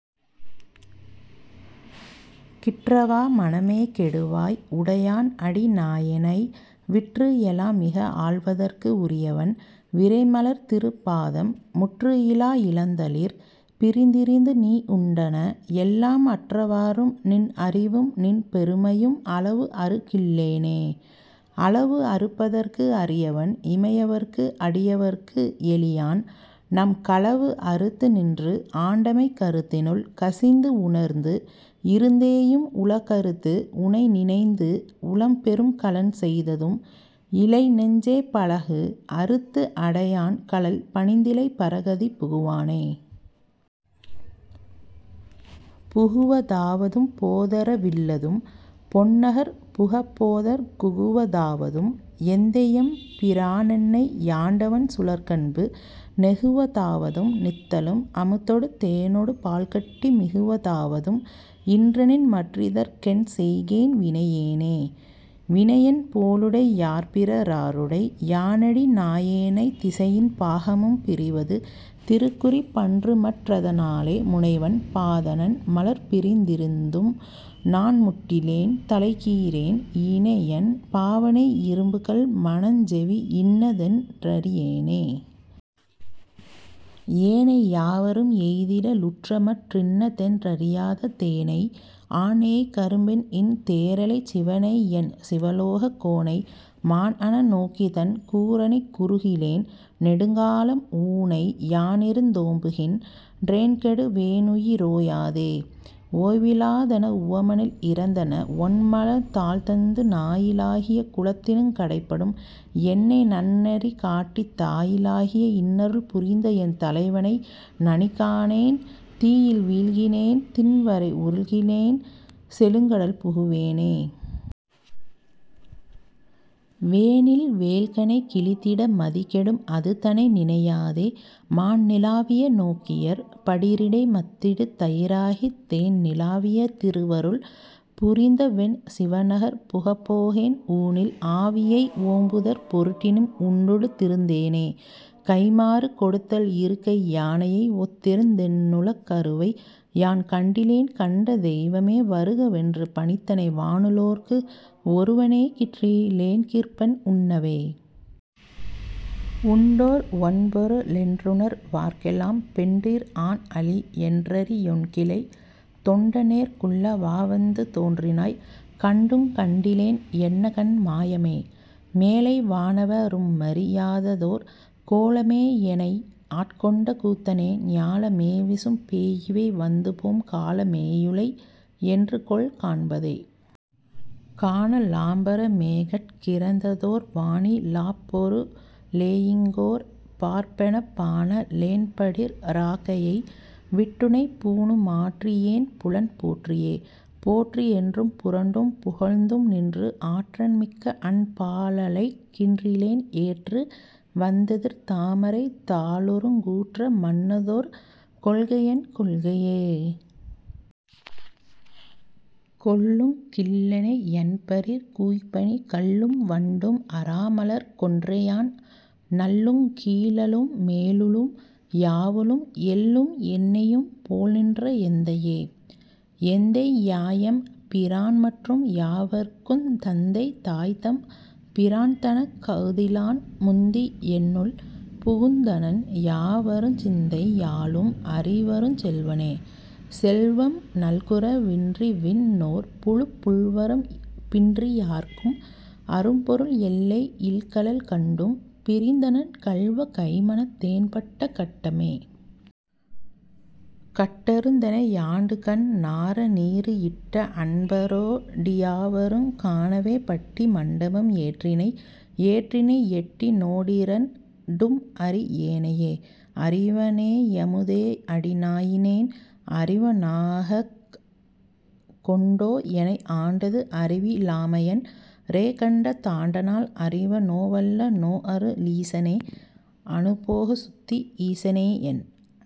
கிற்றவா மனமே கெடுவாய் உடையான் அடி நாயேனை விற்று எலாம் மிக ஆள்வதற்கு உரியவன் விரைமலர் திருப் பாதம் முற்று இலா இளந்தளிர் பிரிந்திருந்து நீ உண்டன எல்லாம் அற்றவாறும் நின் அறிவும் நின்பெருமையும் அளவு அறுக் கில்லேனே. அளவு அறுப்பதற்கு அரியவன் இமையவர்க்கு அடியவர்க்கு எளியான் நம் களவு அறுத்து நின்று ஆண்டமை கருத்தினுள் கசிந்து உணர்ந்து இருந்தேயும் உள கறுத்து உனை நினைந்து உளம் பெரும் களன் செய்ததும் இலை நெஞ்சே பளகு அறுத்து அடையான் கழல் பணிந்திலை பரகதி புகுவானே. புகுவ தாவதும் போதர வில்லதும் பொன்னகர் புகப்போதற் குகுவ தாவதும் எந்தையெம் பிரானென்னை யாண்டவன் சுழற்கன்பு நெகுவ தாவதும் நித்தலும் அமுதொடு தேனொடு பால்கட்டி மிகுவ தாவதும் இன்றெனின் மற்றிதற் கென்செய்கேன் வினையேனே. வினையென் போலுடை யார்பிற ராருடை யானடி நாயேனைத் திசையின் பாகமும் பிரிவது திருக்குறிப் பன்றுமற் றதணாலே முனைவன் பாதநன் மலர்பிரிந் திருந்தும்நான்முட்டிலேன் தலைகீறேன் இனையன் பாவனை யிரும்புகல் மனஞ்செவி யின்னதென் றறியேனே. ஏனை யாவரும் எய்திட லுற்றமற் றின்ன தென் றறியாத தேனை ஆன்நெயைக் கரும்பின் இன் தேறலைச் சிவனையென் சிவலோகக் கோனை மான்அன நோக்கிதன் கூறனைக் குறுகிலேன் நெடுங்காலம் ஊனை யானிருந் தோம்புகின் றேன்கெடு வேனுயி ரோயாதே. ஓய்வி லாதன உவமனில் இறந்தன ஒண்மலர்த் தாள்தந்து நாயி லாகிய குலத்தினுங் கடைப்படும் என்னைநன் னெறிகாட்டித் தாயி லாகிய இன்னருள் புரிந்தஎன் தலைவனை நனிகாணேன் தீயில் வீழ்கிலேன் திண்வரை உருள்கிலேன் செழுங்கடல் புகுவேனே. வேனில் வேள்கணை கிழித்திட மதிகெடும் அதுதனை நினையாதே மான்நி லாவிய நோக்கியர் படிறிடை மத்திடு தயிராகித் தேன்நி லாவிய திருவருள் புரிந்தவென் சிவனகர் புகப்போகேன் ஊனில் ஆவியை ஓம்புதற் பொருட்டினும் உண்டுடுத் திருந்தேனே.. கைம்மாறு கொடுத்தல் இருகை யானையை ஒத்திருந் தென்னுளக் கருவை யான்கண்டி லேன் கண்ட தெவ்வமே வருக வென்று பணித்தனை வானுளோர்க்கு ஒருவ னேகிற்றி லேன்கிற்பன் உண்ணவே. உண்டோ ர் ஒண்பொரு ளென்றுணர் வார்க்கெலாம் பெண்டிர் ஆண்அலி யென்றறி யொண்கிலை தொண்ட னேற்குள்ள வாவந்து தோன்றினாய் கண்டுங் கண்டிலேன் என்னகண் மாயமே. மேலை வானவ ரும்மறி யாததோர் கோல மேயெனை ஆட்கொண்ட கூத்தனே ஞால மேவிசும் பேயிவை வந்துபோம் கால மேயுளை யென்றுகொல் காண்பதே. காண லாம்பர மேகட் கிறந்ததோர் வாணி லாப் பொரு ளேயிங்கொர் பார்ப்பெனப் பாண ளேன்படிற் றாக்கையை விட்டுனைப் பூணு மாற்றி யேன் புலன் போற்றியே. போற்றி யென்றும் புரண்டும் புகழ்ந்தும்நின்று ஆற்றன் மிக்கஅன் பாலழைக் கின்றிலேன் ஏற்று வந்தெதிர் தாமரைத் தாளுறுங் கூற்ற மன்னதொர் கொள்கையென் கொள்கையே. கொள்ளுங் கில்லெனை யன்பரிற் கூய்ப்பணி கள்ளும் வண்டும் அறாமலர்க் கொன்றையான் நள்ளுங் கீழளும் மேலுளும் யாவுளும் எள்ளும் எண்ணெயும் போல்நின்ற எந்தையே. எந்தை யாயெம் பிரான்மற்றும் யாவர்க்குந் தந்தை தாய்தம் பிரான்தனக் கஃதிலான் முந்தி யென்னுள் புகுந்தனன் யாவருஞ் சிந்தை யாலும் அறிவருஞ் செல்வனே. செல்வம் நல்குர வின்றிவிண் ணோர்புழுப் புல்வரம் பின்றி யார்க்கும் அரும்பொருள் எல்லை யில்கழல் கண்டும் பிரிந்தனன் கல்வ கைமனத் தேன்பட்ட கட்டமே. கட்டறுத்தெனை யாண்டுகண் ணாரநீறு இட்ட அன்பரொ டியாவருங் காணவே பட்டி மண்டபம் ஏற்றினை ஏற்றினை எட்டி னோடிரண் டும் அறி யேனையே. அறிவ னேயமு தேஅடி நாயினேன் அறிவ னாகக் கொண்டோ எனை ஆண்டது அறிவி லாமையன் றேகண்ட தாண்டநாள் அறிவ னோவல்ல னோஅரு ளீசனே.. அநுபோகசுத்தி ஈசனேயென்